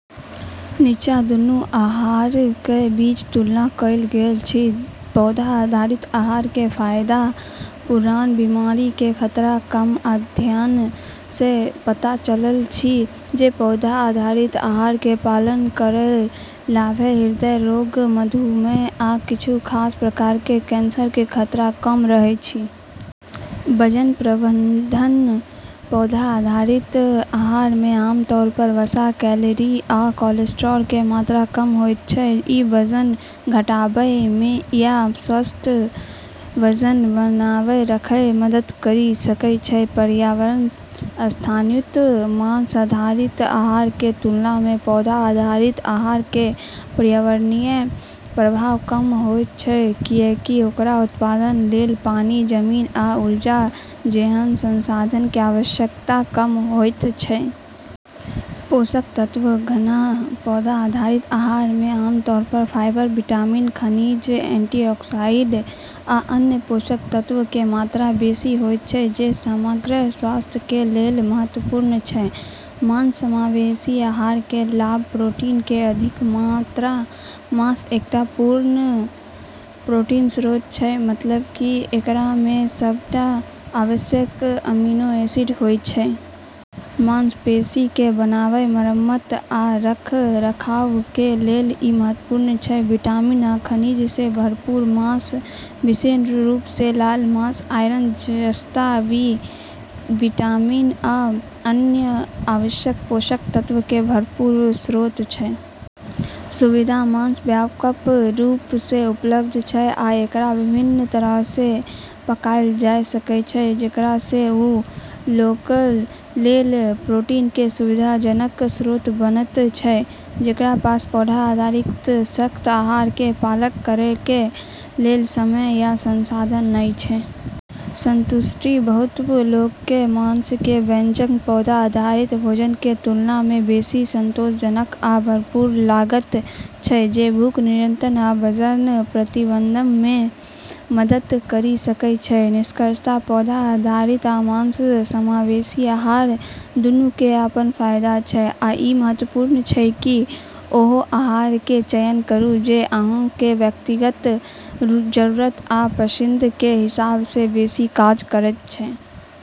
निच्चाँ दुन्नू आहारक बीच तुलना कयल गेल अछि। पौधा आधारित आहारके फाइदा: पुरान बिमारिके खतरा कम: अध्ययनसँ पता चलल अछि जे पौधा आधारित आहारके पालन करयबलामे हृदय रोग, मधुमेह, आ किछु खास प्रकारके कैंसरके खतरा कम रहैत अछि। वजन प्रबंधन: पौधा आधारित आहारमे आमतौर पर वसा, कैलोरी, आ कोलेस्ट्रॉलके मात्रा कम होइत छै। ई वजन घटबैमे या स्वस्थ वजन बनाए रखैमे मदद करि सकै छै। पर्यावरण स्थायित्व: मांस आधारित आहारके तुलनामे पौधा आधारित आहारके पर्यावरणीय प्रभाव कम होइत छै, कियाकि ओकर उत्पादनके लेल पानि, जमीन आ ऊर्जा जेहन संसाधनके आवश्यकता कम होइत छै । पोषक तत्व-घन: पौधा आधारित आहारमे आमतौर पर फाइबर, विटामिन, खनिज, एंटीऑक्सीडेंट, आ अन्य पोषक तत्वक मात्रा बेशी होइत छै जे समग्र स्वास्थ्यके लेल महत्वपूर्ण छै । मांस समावेशी आहारके लाभ: प्रोटीनके अधिक मात्रा: मांस एकटा पूर्ण प्रोटीन स्रोत छै, मतलब कि एकरामे सबटा आवश्यक अमीनो एसिड होइत छै. मांसपेशीके बढ़नाइ, मरम्मत आ रखरखावके लेल ई महत्वपूर्ण छै । विटामिन आ खनिजसँ भरपूर: मांस, विशेष रूपसँ लाल मांस, आयरन, जस्ता, बी विटामिन, आ अन्य आवश्यक पोषक तत्वक भरपूर स्रोत छै । सुविधा: मांस व्यापक रूपसँ उपलब्ध छै आ एकरा विभिन्न तरहसँ पकाएल जा सकै छै, जेकरासँ ओइ लोकक लेल प्रोटीनके सुविधाजनक स्रोत बनैत छै, जेकरा पास पौधा आधारित सख्त आहारके पालन करैके लेल समय या संसाधन नहि छै । संतुष्टि: बहुत लोकके मांसके व्यंजन पौधा आधारित भोजनके तुलनामे बेशी संतोषजनक आ भरपूर लगैत छै, जे भूख नियंत्रण आ वजन प्रबंधनमे मदद करि सकै छै । निष्कर्षतः, पौधा आधारित आ मांस-समावेशी आहार दुन्नुके अपन फाइदा छै, आ ई महत्वपूर्ण छै कि ओहि आहारके चयन करू जे अहाँके व्यक्तिगत जरूरत आ पसंदके हिसाबसँ बेशी काज करैत छै।